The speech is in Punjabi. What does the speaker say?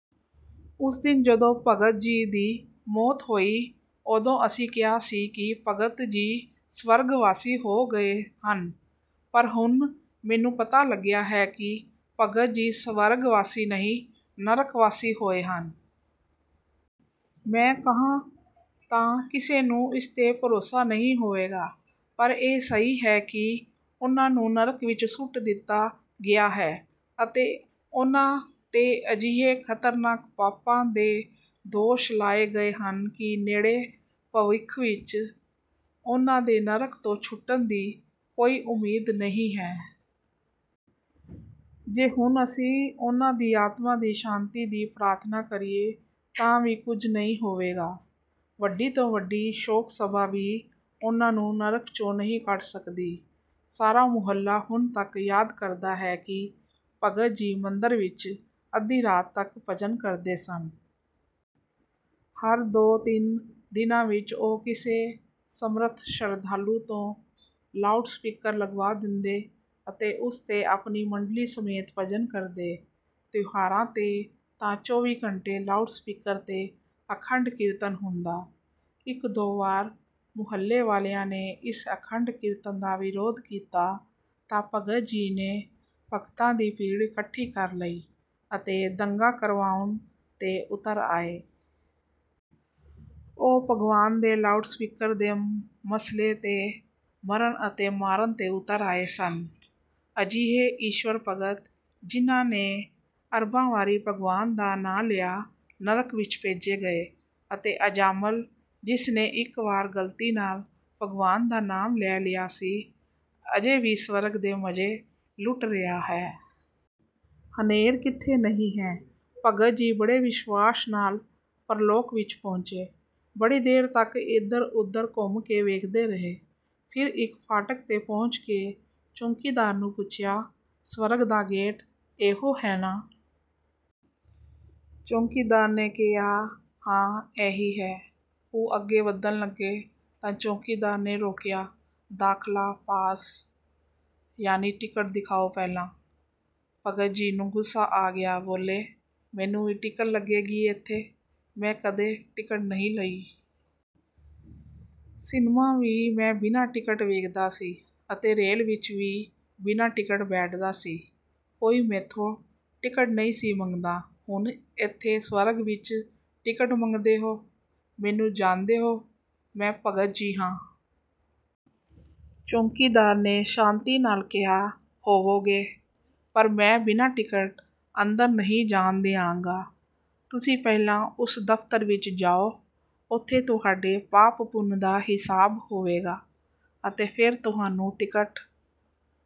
ਉਸ ਦਿਨ ਜਦੋਂ ਭਗਤ ਜੀ ਦੀ ਮੌਤ ਹੋਈ, ਉਦੋਂ ਅਸੀਂ ਕਿਹਾ ਸੀ ਕਿ ਭਗਤ ਜੀ ਸਵਰਗਵਾਸੀ ਹੋ ਗਏ ਹਨ। ਪਰ ਹੁਣ ਮੈਨੂੰ ਪਤਾ ਲੱਗਿਆ ਹੈ ਕਿ ਭਗਤ ਜੀ ਸਵਰਗਵਾਸੀ ਨਹੀਂ, ਨਰਕਵਾਸੀ ਹੋਏ ਹਨ। ਮੈਂ ਕਹਾਂ ਤਾਂ ਕਿਸੇ ਨੂੰ ਇਸ 'ਤੇ ਭਰੋਸਾ ਨਹੀਂ ਹੋਵੇਗਾ, ਪਰ ਇਹ ਸਹੀ ਹੈ ਕਿ ਉਨ੍ਹਾਂ ਨੂੰ ਨਰਕ ਵਿੱਚ ਸੁੱਟ ਦਿੱਤਾ ਗਿਆ ਹੈ ਅਤੇ ਉਨ੍ਹਾਂ 'ਤੇ ਅਜਿਹੇ ਖ਼ਤਰਨਾਕ ਪਾਪਾਂ ਦੇ ਦੋਸ਼ ਲਾਏ ਗਏ ਹਨ ਕਿ ਨੇੜੇ ਭਵਿੱਖ ਵਿੱਚ ਉਨ੍ਹਾਂ ਦੇ ਨਰਕ ਤੋਂ ਛੁੱਟਣ ਦੀ ਕੋਈ ਉਮੀਦ ਨਹੀਂ ਹੈ। ਜੇ ਹੁਣ ਅਸੀਂ ਉਨ੍ਹਾਂ ਦੀ ਆਤਮਾ ਦੀ ਸ਼ਾਂਤੀ ਦੀ ਪ੍ਰਾਰਥਨਾ ਕਰੀਏ ਤਾਂ ਵੀ ਕੁਝ ਨਹੀਂ ਹੋਵੇਗਾ। ਵੱਡੀ ਤੋਂ ਵੱਡੀ ਸ਼ੋਕ-ਸਭਾ ਵੀ ਉਨ੍ਹਾਂ ਨੂੰ ਨਰਕ 'ਚੋਂ ਨਹੀਂ ਕੱਢ ਸਕਦੀ। ਸਾਰਾ ਮੁਹੱਲਾ ਹੁਣ ਤੱਕ ਯਾਦ ਕਰਦਾ ਹੈ ਕਿ ਭਗਤ ਜੀ ਮੰਦਿਰ ਵਿੱਚ ਅੱਧੀ ਰਾਤ ਤੱਕ ਭਜਨ ਕਰਦੇ ਸਨ। ਹਰ ਦੋ-ਤਿੰਨ ਦਿਨਾਂ ਵਿੱਚ ਉਹ ਕਿਸੇ ਸਮਰੱਥ ਸ਼ਰਧਾਲੂ ਤੋਂ ਲਾਊਡ ਸਪੀਕਰ ਲਗਵਾ ਦਿੰਦੇ ਅਤੇ ਉਸ 'ਤੇ ਆਪਣੀ ਮੰਡਲੀ ਸਮੇਤ ਭਜਨ ਕਰਦੇ। ਤਿਉਹਾਰਾਂ 'ਤੇ ਤਾਂ ਚੌਵੀ ਘੰਟੇ ਲਾਊਡ ਸਪੀਕਰ 'ਤੇ ਅਖੰਡ ਕੀਰਤਨ ਹੁੰਦਾ। ਇੱਕ-ਦੋ ਵਾਰ ਮੁਹੱਲੇ ਵਾਲਿਆਂ ਨੇ ਇਸ ਅਖੰਡ ਕੀਰਤਨ ਦਾ ਵਿਰੋਧ ਕੀਤਾ ਤਾਂ ਭਗਤ ਜੀ ਨੇ ਭਗਤਾਂ ਦੀ ਭੀੜ ਇਕੱਠੀ ਕਰ ਲਈ ਅਤੇ ਦੰਗਾ ਕਰਵਾਉਣ 'ਤੇ ਉਤਰ ਆਏ। ਉਹ ਭਗਵਾਨ ਦੇ ਲਾਊਡ ਸਪੀਕਰ ਦੇ ਮਸਲੇ 'ਤੇ ਮਰਨ ਅਤੇ ਮਾਰਨ 'ਤੇ ਉਤਰ ਆਏ ਸਨ। ਅਜਿਹੇ ਈਸ਼ਵਰ ਭਗਤ, ਜਿਨ੍ਹਾਂ ਨੇ ਅਰਬਾਂ ਵਾਰੀ ਭਗਵਾਨ ਦਾ ਨਾਂ ਲਿਆ, ਨਰਕ ਵਿੱਚ ਭੇਜੇ ਗਏ ਅਤੇ ਅਜਾਮਲ, ਜਿਸ ਨੇ ਇੱਕ ਵਾਰ ਗ਼ਲਤੀ ਨਾਲ ਭਗਵਾਨ ਦਾ ਨਾਮ ਲੈ ਲਿਆ ਸੀ, ਅਜੇ ਵੀ ਸਵਰਗ ਦੇ ਮਜ਼ੇ ਲੁੱਟ ਰਿਹਾ ਹੈ। ਹਨੇਰ ਕਿੱਥੇ ਨਹੀਂ ਹੈ! ਭਗਤ ਜੀ ਬੜੇ ਵਿਸ਼ਵਾਸ ਨਾਲ ਪ੍ਰਲੋਕ ਵਿੱਚ ਪਹੁੰਚੇ। ਬੜੀ ਦੇਰ ਤੱਕ ਇਧਰ-ਉਧਰ ਘੁੰਮ ਕੇ ਵੇਖਦੇ ਰਹੇ। ਫਿਰ ਇੱਕ ਫਾਟਕ 'ਤੇ ਪਹੁੰਚ ਕੇ ਚੌਕੀਦਾਰ ਨੂੰ ਪੁੱਛਿਆ, "ਸਵਰਗ ਦਾ ਗੇਟ ਇਹੋ ਹੈ ਨਾ?" ਚੌਕੀਦਾਰ ਨੇ ਕਿਹਾ, "ਹਾਂ, ਇਹੀ ਹੈ।" ਉਹ ਅੱਗੇ ਵਧਣ ਲੱਗੇ ਤਾਂ ਚੌਕੀਦਾਰ ਨੇ ਰੋਕਿਆ, "ਦਾਖਲਾ ਪਾਸ, ਯਾਨੀ ਟਿਕਟ ਦਿਖਾਓ ਪਹਿਲਾਂ!" ਭਗਤ ਜੀ ਨੂੰ ਗੁੱਸਾ ਆ ਗਿਆ। ਬੋਲੇ, "ਮੈਨੂੰ ਵੀ ਟਿਕਟ ਲੱਗੇਗੀ ਇੱਥੇ? ਮੈਂ ਕਦੇ ਟਿਕਟ ਨਹੀਂ ਲਈ। ਸਿਨਮਾ ਵੀ ਮੈਂ ਬਿਨਾਂ ਟਿਕਟ ਵੇਖਦਾ ਸੀ ਅਤੇ ਰੇਲ ਵਿੱਚ ਵੀ ਬਿਨਾਂ ਟਿਕਟ ਬੈਠਦਾ ਸਾਂ। ਕੋਈ ਮੈਥੋਂ ਟਿਕਟ ਨਹੀਂ ਸੀ ਮੰਗਦਾ। ਹੁਣ ਇੱਥੇ ਸਵਰਗ ਵਿੱਚ ਟਿਕਟ ਮੰਗਦੇ ਹੋ? ਮੈਨੂੰ ਜਾਣਦੇ ਹੋ? ਮੈਂ ਭਗਤ ਜੀ ਹਾਂ।" ਚੌਕੀਦਾਰ ਨੇ ਸ਼ਾਂਤੀ ਨਾਲ ਕਿਹਾ, "ਹੋਵੋਗੇ। ਪਰ ਮੈਂ ਬਿਨਾਂ ਟਿਕਟ ਅੰਦਰ ਨਹੀਂ ਜਾਣ ਦਿਆਂਗਾ। ਤੁਸੀਂ ਪਹਿਲਾਂ ਉਸ ਦਫ਼ਤਰ ਵਿੱਚ ਜਾਓ। ਉੱਥੇ ਤੁਹਾਡੇ ਪਾਪ-ਪੁੰਨ ਦਾ ਹਿਸਾਬ ਹੋਵੇਗਾ ਅਤੇ ਫਿਰ ਤੁਹਾਨੂੰ ਟਿਕਟ